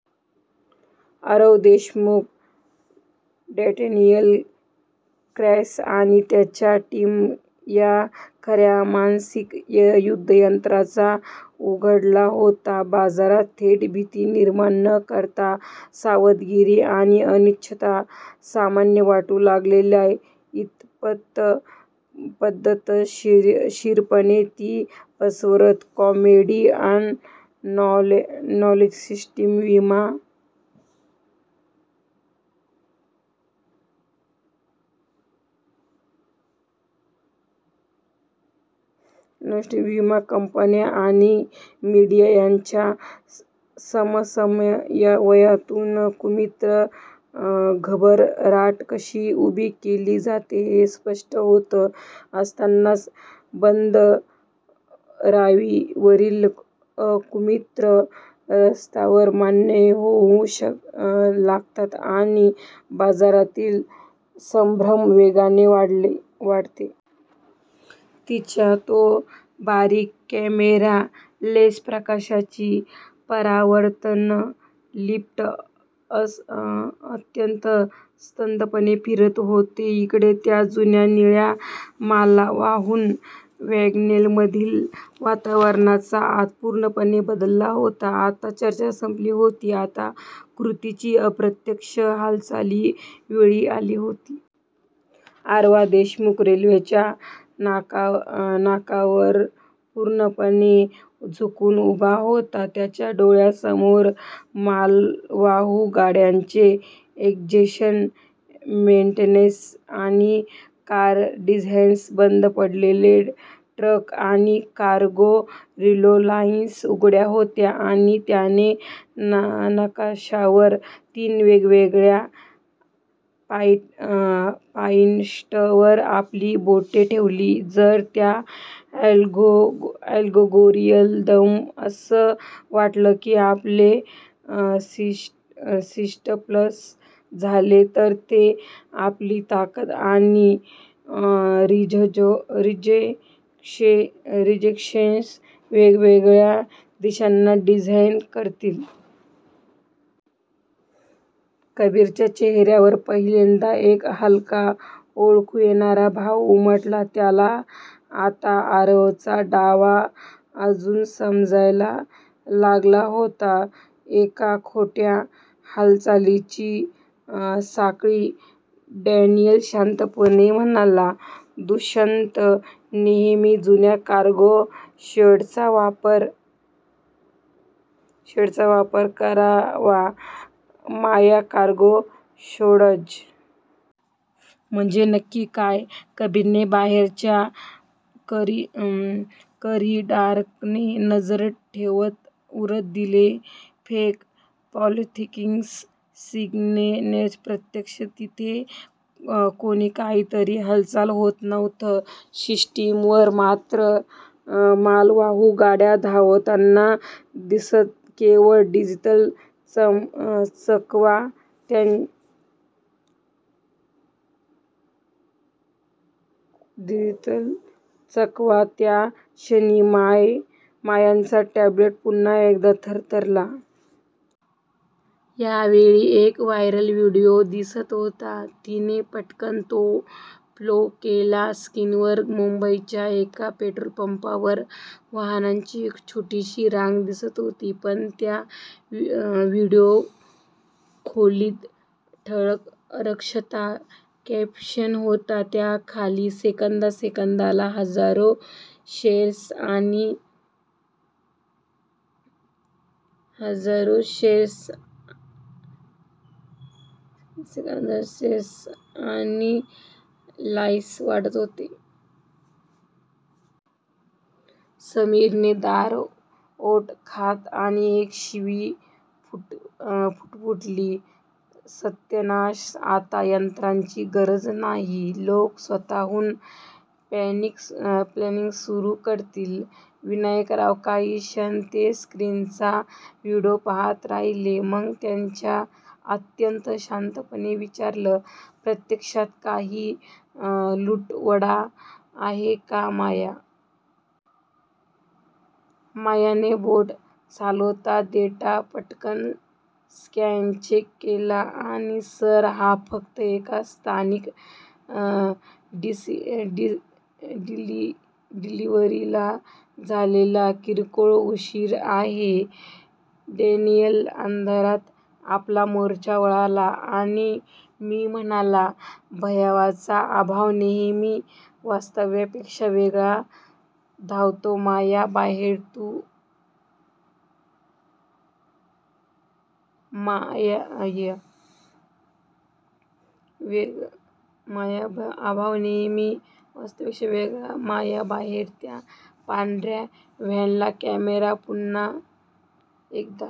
Aarav Deshmukh, Daniel Cross आणि त्यांच्या टीमला च्या खऱ्या मानसिक युद्धतंत्राचा उलगडा होतो. बाजारात थेट भीती निर्माण न करता, "सावधगिरी" आणि "अनिश्चितता" सामान्य वाटू लागेल इतपत पद्धतशीरपणे ती पसरवणं. कमोडिटी अॅनालिस्ट्स, विमा कंपन्या आणि मीडिया यांच्या समन्वयातून कृत्रिम घबराट कशी उभी केली जाते, हे स्पष्ट होत असतानाच बंदरांवरील अधिकृत स्तरावर मान्य होऊ लागतात आणि बाजारातील संभ्रम वेगाने वाढतो. तिचा तो बारीक कॅमेरा लेन्स प्रकाशाची परावर्तनं टिपत अत्यंत संथपणे फिरत होता. इकडे, त्या जुन्या निळ्या मालवाहू वॅगनमधलं वातावरण आता पूर्णपणे बदललं होतं. आता चर्चा संपली होती. आता कृतीची, प्रत्यक्ष हालचालीची वेळ आली होती. आरव देशमुख रेल्वेच्या नकाशावर पूर्णपणे झुकून उभा होता. त्याच्या डोळ्यांसमोर मालवाहू गाड्यांचे एक्झिट्स, मेन्टेनन्स कॉरिडॉर्स, बंद पडलेले ट्रॅक्स आणि कार्गो रिले लाईन्स उघड्या होत्या. त्याने नकाशावर तीन वेगवेगळ्या पॉइंट्सवर आपली बोटं ठेवली, "जर त्यांच्या अल्गोरिदमला असं वाटलं की आपले स्प्लिट झालेत तर ते आपली ताकद आणि रिसोर्सेस वेगवेगळ्या दिशांना डिव्हाईड करतील." कबीरच्या चेहऱ्यावर पहिल्यांदाच एक हलका, ओळखू येणारा भाव उमटला. त्याला आता आरवचा डाव अचूक समजायला लागला होता. "एक खोट्या हालचालींची साखळी." डॅनियल शांतपणे म्हणाला, "दुष्यंत नेहमी जुन्या कार्गो शॅडोजचा वापर करायचा. " माया,"कार्गो शॅडोज? म्हणजे नक्की काय? " कबीरने बाहेरच्या कॉरिडॉरकडे नजर ठेवत उत्तर दिलं, "फेक लॉजिस्टिक्स सिग्नेचर्स. प्रत्यक्षात तिथे कोणतीही हालचाल होत नसताना, सिस्टीमवर मात्र मालवाहू गाड्या धावताना दिसतात. केवळ डिजिटल चकवा! " त्याच क्षणी मायाचा टॅब्लेट पुन्हा एकदा थरथरला. यावेळी एक व्हायरल व्हिडिओ दिसत होता. तिने पटकन तो प्ले केला. स्क्रीनवर मुंबईच्या एका पेट्रोल पंपावर वाहनांची एक छोटीशी रांग दिसत होती. पण त्या व्हिडिओखाली ठळक अक्षरात कॅप्शन होतं. त्याखाली सेकंदासेकंदाला हजारो शेअर्स आणि लाईक्स वाढत होते. समीरने दात ओठ खात एक शिवी पुटपुटली, "सत्यानाश! आता यंत्रणेची गरजच नाही. लोक स्वतःहूनच पॅनिक सुरू करतील." विनायकराव काही क्षण तो स्क्रीनवरचा व्हिडिओ पाहत राहिले. मग त्यांनी अत्यंत शांतपणे विचारलं, "प्रत्यक्षात काही तुटवडा आहे का माया?" मायाने बोटं चालवत डेटा पटकन क्रॉस-चेक केला, "नाही सर. हा फक्त एका स्थानिक डिलिव्हरीला झालेला किरकोळ उशीर आहे." डॅनियलने अंधारात आपला मोर्चा वळवला आणि म्हणाला, "भयाचा आभास नेहमी वास्तवापेक्षा वेगाने धावतो माया." बाहेर, त्या पांढऱ्या व्हॅनचा कॅमेरा पुन्हा एकदा